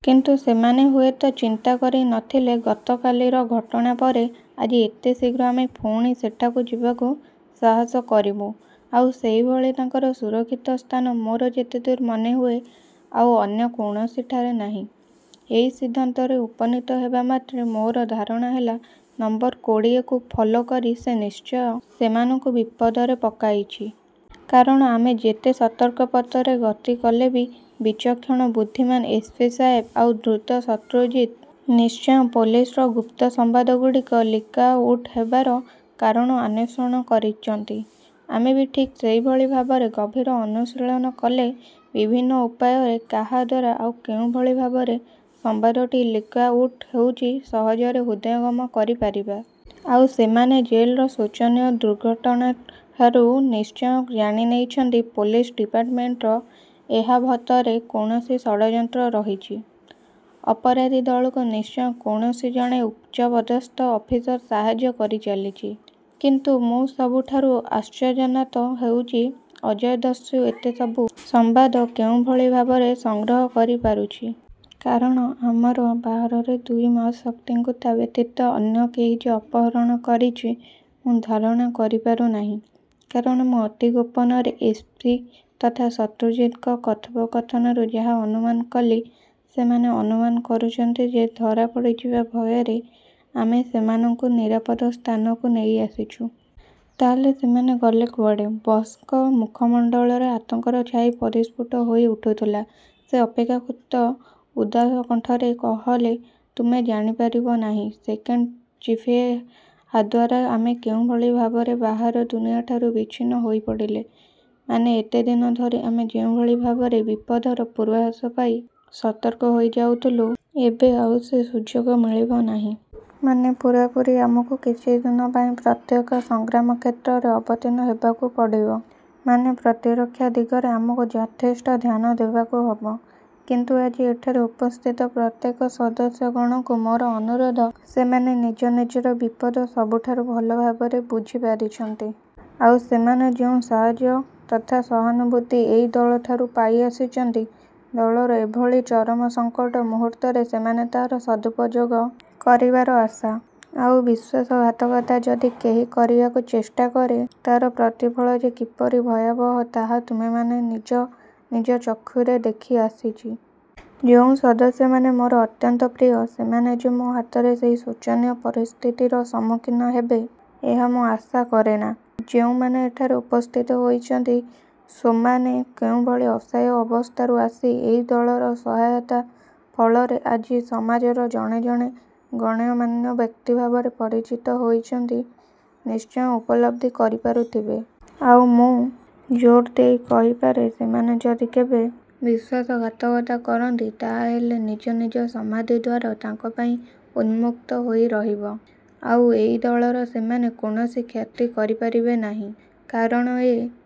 କିନ୍ତୁ ସେମାନେ ହୁଏତ ଚିନ୍ତା କରି ନ ଥିଲେ ଗତକାଲିର ଘଟଣା ପରେ ଆଜି ଏତେ ଶୀଘ୍ର ଆମେ ପୁଣି ସେଠାକୁ ଯିବାକୁ ସାହସ କରିବୁଁ ଆଉ ସେହିଭଳି ତାଙ୍କର ସୁରକ୍ଷିତ ସ୍ଥାନ ମୋର ଯେତେଦୂର ମନେହୁଏ ଆଉ ଅନ୍ୟ କୌଣସିଠାରେ ନାହିଁ। ଏହି ସିଦ୍ଧାନ୍ତରେ ଉପନୀତ ହେବା ମାତ୍ରେ ମୋର ଧାରଣା ହେଲା ନମ୍ବର କୋଡ଼ିଏକୁ ଫଲୋ କରି ସେ ନିଶ୍ଚୟ ସେମାନଙ୍କୁ ବିପଦରେ ପକାଇଚି। କାରଣ ଆମେ ଯେତେ ସତର୍କ ପଥରେ ଗତି କଲେ ବି ବିଚକ୍ଷଣ ବୁଦ୍ଧିମାନ ଏସ୍ ପି ସାହେବ ଆଉ ଧୂର୍ତ୍ତ ଶତ୍ରୁଜିତ ନିଶ୍ଚୟ ପୋଲିସର ଗୁପ୍ତ ସମ୍ବାଦଗୁଡ଼ିକ ଲିଗ୍ଆ ଉଟ୍ ହେବାର କାରଣ ଆନ୍ୱେଷଣ କରିଛନ୍ତି। ଆମେ ବି ଠିକ୍ ସେହିଭଳି ଭାବରେ ଗଭୀର ଅନୁଶୀଳନ କଲେ ବିଭିନ୍ନ ଉପାୟରେ କାହା ଦ୍ୱାରା ଆଉ କେଉଁଭଳି ଭାବରେ ସମ୍ବାଦଟି ଲିଗ୍ଆ ଉଟ୍ ହୋଉଚି, ସହଜରେ ହୃଦୟଙ୍ଗମ କରି ପାରିବା। ଆଉ ସେମାନେ ଜେଲର ଶୋଚନୀୟ ଦୁର୍ଘଟଣାଠାରୁ ନିଶ୍ଚୟ ଜାଣି ନେଇଛନ୍ତି ପୋଲିସ ଡିପାର୍ଟମେଣ୍ଟର ଏହା ଭତରେ କୌଣସି ଷଡ଼ଯନ୍ତ୍ର ରହିଛି। ଅପରାଧୀ ଦଳକୁ ନିଶ୍ଚୟ କୌଣସି ଜଣେ ଉଚ୍ଚପଦସ୍ଥ ଅଫିସର ସାହାଯ୍ୟ କରିଚାଲିଛି। କିନ୍ତୁ ମୁଁ ସବୁଠାରୁ ଆଶ୍ଚର୍ଯ୍ୟାନ୍ୱତ ହେଉଚି, ଅଜୟ ଦସ୍ୟୁ ଏତେ ସବୁ ସମ୍ବାଦ କେଉଁଭଳି ଭାବରେ ସଂଗ୍ରହ କରି ପାରୁଛି। କାରଣ ଆମର ବାହାରର ଦୁଇ ମହାଶକ୍ତିଙ୍କୁ ତା ବ୍ୟତୀତ ଅନ୍ୟ କେହି ଯେ ଅପହରଣ କରିଛି ମୁଁ ଧାରଣା କରି ପାରୁ ନାହିଁ। କାରଣ ମୁଁ ଅତି ଗୋପନରେ ଏସ୍. ପି ତଥା ଶତ୍ରୁଜିତଙ୍କ କଥୋପ କଥନରୁ ଯାହା ଅନୁମାନ କଲି, ସେମାନେ ଅନୁମାନ କରୁଛନ୍ତି ଯେ, ଧରା ପଡ଼ିଯିବା ଭୟରେ ଆମେ ସେମାନଙ୍କୁ ନିରାପଦ ସ୍ଥାନକୁ ନେଇ ଆସିଛୁ। ତା ହେଲେ ସେମାନେ ଗଲେ କୁଆଡ଼େ? ବସଙ୍କ ମୁଖମଣ୍ଡଳରେ ଆତଙ୍କର ଛାଇ ପରିସ୍ଫୁଟ ହୋଇ ଉଠୁଥିଲା। ସେ ଅପେକ୍ଷାକୃତ ଉଦାସ କଣ୍ଠରେ କହଲେ ତୁମେ ଜାଣିପାରିବ ନାହିଁ ସେକେଣ୍ଡ ଚିଫ୍ଏ ହାଦ୍ୱାରା ଆମେ କେଉଁଭଳି ଭାବରେ ବାହାର ଦୁନିଆଠାରୁ ବିଚ୍ଛିନ୍ନ ହୋଇପଡ଼ିଲେ। ମାନେ ଏତେ ଦିନ ଧରି ଆମେ ଯେଉଁଭଳି ଭାବରେ ବିପଦର ପୂର୍ବାଭାସ ପାଇ ସତର୍କ ହୋଇ ଯାଉଥିଲୁ ଏବେ ଆଉ ସେ ସୁଯୋଗ ମିଳିବ ନାହିଁ। ମାନେ ପୂରାପୂରି ଆମକୁ କିଛିଦିନ ପାଇଁ ପ୍ରତ୍ୟକ୍ଷ ସଂଗ୍ରାମ କ୍ଷେତ୍ରରେ ଅବତୀର୍ଣ୍ଣ ହେବାକୁ ପଡ଼ିବ। ମାନେ ପ୍ରତିରକ୍ଷା ଦିଗରେ ଆମକୁ ଯଥେଷ୍ଟ ଧ୍ୟାନ ଦେବାକୁ ହେବ। କିନ୍ତୁ ଆଜି ଏଠାରେ ଉପସ୍ଥିତ ପ୍ରତ୍ୟେକ ସଦସ୍ୟଗଣଙ୍କୁ ମୋର ଅନୁରୋଧ ସେମାନେ ନିଜ ନିଜର ବିପଦ ସବୁଠାରୁ ଭଲ ଭାବରେ ବୁଝି ପାରିଛନ୍ତି। ଆଉ ସେମାନେ ଯେଉଁ ସାହାଯ୍ୟ ତଥା ସହାନୁଭୂତି ଏହି ଦଳଠାରୁ ପାଇ ଆସିଛନ୍ତି, ଦଳର ଏ ଭଳି ଚରମ ସଂକଟ ମୁହୂର୍ତ୍ତରେ ସେମାନେ ତାହାର ସଦୁପଯୋଗ। କରିବାର ଆଶା। ଆଉ ବିଶ୍ୱାସଘାତକତା ଯଦି କେହି କରିବାକୁ ଚେଷ୍ଟା କରେ ତାର ପ୍ରତିଫଳ ଯେ କିପରି ଭୟାବହ ତାହା ତୁମେମାନେ ନିଜ ନିଜ ଚକ୍ଷୁରେ ଦେଖି ଆସିଛି। ଯେଉଁ ସଦସ୍ୟମାନେ ମୋର ଅତ୍ୟନ୍ତ ପ୍ରିୟ ସେମାନେ ଯେ ମୋ ହାତରେ ସେହି ଶୋଚନୀୟ ପରିସ୍ଥିତିର ସମ୍ମୁଖୀନ ହେବେ, ଏହା ମୁଁ ଆଶା କରେନା। ଯେଉଁମାନେ ଏଠାରେ ଉପସ୍ଥିତ ହୋଇଛନ୍ତି, ସୋମାନେ କେଉଁଭଳି ଅସହାୟ ଅବସ୍ଥାରୁ ଆସି ଏହି ଦଳର ସହାୟତା ଫଳରେ ଆଜି ସମାଜର ଜଣେ ଜଣେ ଗଣ୍ୟମାନ୍ୟ ବ୍ୟକ୍ତି ଭାବରେ ପରିଚିତ ହୋଇଛନ୍ତି ନିଶ୍ଚୟ ଉପଲବ୍ଧି କରି ପାରୁଥିବେ। ଆଉ ମୁଁ ଯୋର ଦେଇ କହିପାରେ ସେମାନେ ଯଦି କେବେ ବିଶ୍ୱାସଘାତକତା କରିନ୍ତି, ତାହାହେଲେ ନିଜ ନିଜ ସମାଧି ଦ୍ୱାର ତାଙ୍କ ପାଇଁ ଉନ୍ମୁକ୍ତ ହୋଇ ରହିବ, ଆଉ ଏହି ଦଳର ସେମାନେ କୌଣସି କ୍ଷତି କରି ପାରିବେ ନାହିଁ। କାରଣ ଏ